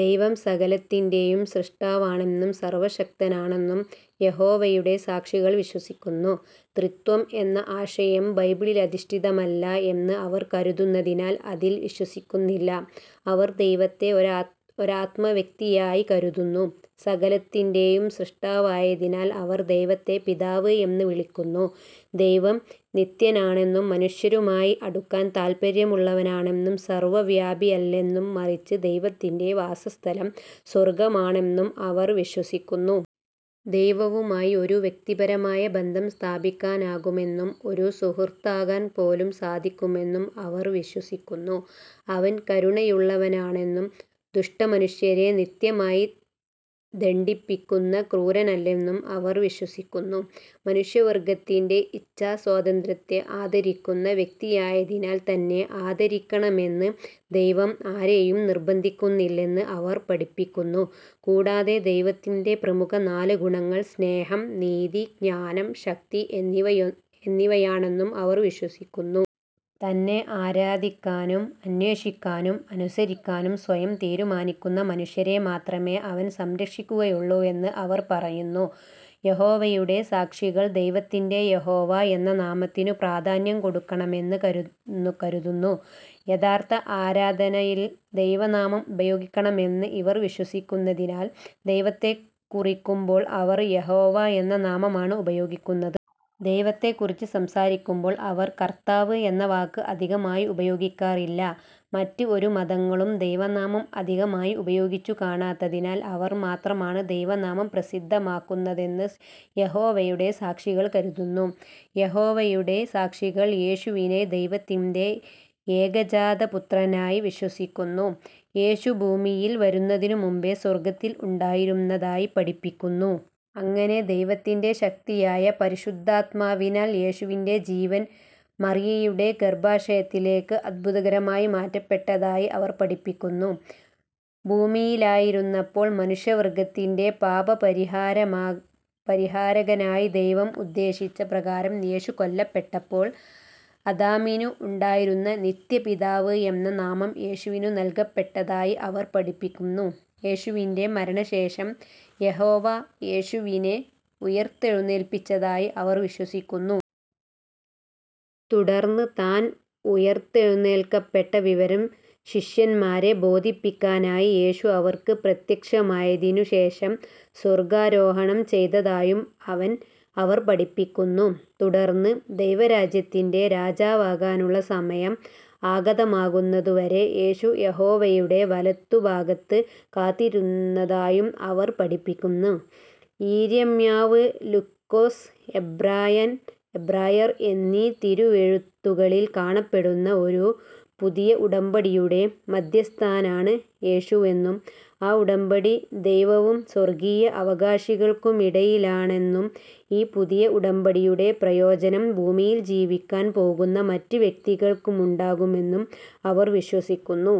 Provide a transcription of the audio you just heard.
ദൈവം സകലത്തിന്റെയും സ്രഷ്ടാവാണെന്നും സർവ്വശക്തനാണെന്നും യഹോവയുടെ സാക്ഷികൾ വിശ്വസിക്കുന്നു. ത്രിത്വം എന്ന ആശയം ബൈബിളധിഷ്ഠിതമല്ല എന്ന് അവർ കരുതുന്നതിനാൽ അതിൽ വിശ്വസിക്കുന്നില്ല. അവർ ദൈവത്തെ ഒരാത്മവ്യക്തിയായി കരുതുന്നു, സകലത്തിന്റെ സ്രഷ്ടാവായതിനാൽ അവർ ദൈവത്തെ പിതാവ് എന്ന് വിളിക്കുന്നു. ദൈവം നിത്യനാണെന്നും, മനുഷ്യരുമായി അടുക്കാൻ താല്പര്യമുള്ളവനാണെന്നും, സർവ്വവ്യാപിയല്ലെന്നും മറിച്ച് ദൈവത്തിന്റെ വാസസ്ഥലം സ്വർഗ്ഗമാണെന്നും അവർ വിശ്വസിക്കുന്നു. ദൈവവുമായി ഒരു വ്യക്തിപരമായ ബന്ധം സ്ഥാപിക്കാനാകുമെന്നും, ഒരു സുഹൃത്താകാൻ പോലും സാധിക്കുമെന്ന് അവർ വിശ്വസിക്കുന്നു. അവൻ കരുണയുള്ളവനാണെന്നും, ദുഷ്ടമനുഷ്യരെ നിത്യമായി ദണ്ഡിപ്പിക്കുന്ന ക്രൂരനല്ലെന്നും അവർ വിശ്വസിക്കുന്നു. മനുഷ്യവർഗ്ഗത്തിന്റെ ഇച്ഛാസ്വാതന്ത്ര്യത്തെ ആദരിക്കുന്ന വ്യക്തിയായതിനാൽ, തന്നെ ആരാധിക്കണമെന്ന് ദൈവം ആരെയും നിർബന്ധിക്കുന്നില്ലെന്ന് അവർ പഠിപ്പിക്കുന്നു. കൂടാതെ ദൈവത്തിന്റെ പ്രമുഖ നാല് ഗുണങ്ങൾ സ്നേഹം, നീതി, ജ്ഞാനം, ശക്തി എന്നിവയാണെന്നും അവർ വിശ്വസിക്കുന്നു. തന്നെ ആരാധിക്കാനും, അന്വേഷിക്കാനും, അനുസരിക്കാനും സ്വയം തീരുമാനിക്കുന്ന മനുഷ്യരെ മാത്രമേ അവൻ സംരക്ഷിക്കുകയുള്ളുവെന്ന് അവർ പറയുന്നു. യഹോവയുടെ സാക്ഷികൾ ദൈവത്തിന്റെ യഹോവ എന്ന നാമത്തിനു പ്രാധാന്യം കൊടുക്കണമെന്ന് കരുതുന്നു. യഥാർഥ ആരാധനയിൽ ദൈവനാമം ഉപയോഗിക്കണമെന്ന് ഇവർ വിശ്വസിക്കുന്നതിനാൽ, ദൈവത്തെകുറിക്കുമ്പോൾ അവർ യഹോവ എന്ന നാമമാണ് ഉപയോഗിക്കുന്നത്. ദൈവത്തെക്കുറിച്ച് സംസാരിക്കുമ്പോൾ അവർ "കർത്താവ്" എന്ന വാക്ക് അധികമായി ഉപയോഗിക്കാറില്ല. മറ്റ് ഒരു മതങ്ങളും ദൈവനാമം അധികമായി ഉപയോഗിച്ചു കാണാത്തതിനാൽ അവർ മാത്രമാണ് ദൈവനാമം പ്രസിദ്ധമാക്കുന്നതെന്ന് യഹോവയുടെ സാക്ഷികൾ കരുതുന്നു. യഹോവയുടെ സാക്ഷികൾ യേശുവിനെ ദൈവത്തിന്റെ ഏകജാതപുത്രനായി വിശ്വസിക്കുന്നു, യേശു ഭൂമിയിൽ വരുന്നതിനു മുൻപേ സ്വർഗത്തിൽ ഉണ്ടായിരുന്നതായി പഠിപ്പിക്കുന്നു. അങ്ങനെ ദൈവത്തിന്റെ ശക്തിയായ പരിശുദ്ധാത്മാവിനാൽ യേശുവിന്റെ ജീവൻ മറിയയുടെ ഗർഭാശയത്തിലേക്ക് അത്ഭുതകരമായി മാറ്റപ്പെട്ടതായി അവർ പഠിപ്പിക്കുന്നു. ഭൂമിയിലായിരുന്നപ്പോൾ മനുഷ്യവർഗ്ഗത്തിന്റെ പാപപരിഹാരകനായി ദൈവം ഉദ്ദേശിച്ച പ്രകാരം യേശു കൊല്ലപ്പെട്ടപ്പോൾ, അദാമിനു ഉണ്ടായിരുന്ന "നിത്യപിതാവ്" എന്ന നാമം യേശുവിനു നൽകപ്പെട്ടതായി അവർ പഠിപ്പിക്കുന്നു. യേശുവിന്റെ മരണശേഷം യഹോവ യേശുവിനെ ഉയർത്തെഴുന്നേൽപ്പിച്ചതായി അവർ വിശ്വസിക്കുന്നു. തുടർന്ന് താൻ ഉയർത്തേഴുന്നേൽക്കപ്പെട്ട വിവരം ശിഷ്യന്മാരെ ബോധിപ്പിക്കാനായി യേശു അവർക്ക് പ്രത്യക്ഷമായതിനു ശേഷം, സ്വർഗ്ഗാരോഹണം ചെയ്തതായും അവർ പഠിപ്പിക്കുന്നു. തുടർന്ന് ദൈവരാജ്യത്തിന്റെ രാജാവാകാനുള്ള സമയം ആഗതമാകുന്നതു വരെ യേശു യഹോവയുടെ വലത്തുഭാഗത്ത് കാത്തിരുന്നതായും അവർ പഠിപ്പിക്കുന്നു. യിരെമ്യാവ്, ലുക്കൊസ്, എബ്രായർ; എന്നീ തിരുവെഴുത്തുകളിൽ കാണപ്പെടുന്ന ഒരു "പുതിയ ഉടമ്പടിയുടെ" മദ്ധ്യസ്ഥനാണ് യേശുവെന്നും, ആ ഉടമ്പടി ദൈവവും സ്വർഗ്ഗിയ അവകാശികൾക്കുമിടയിലാണെന്നും, ഈ പുതിയ ഉടമ്പടിയുടെ പ്രയോജനം ഭൂമിയിൽ ജീവിക്കാൻ പോകുന്ന മറ്റ് വ്യക്തികൾക്കുമുണ്ടാകുമെന്നും അവർ വിശ്വസിക്കുന്നു.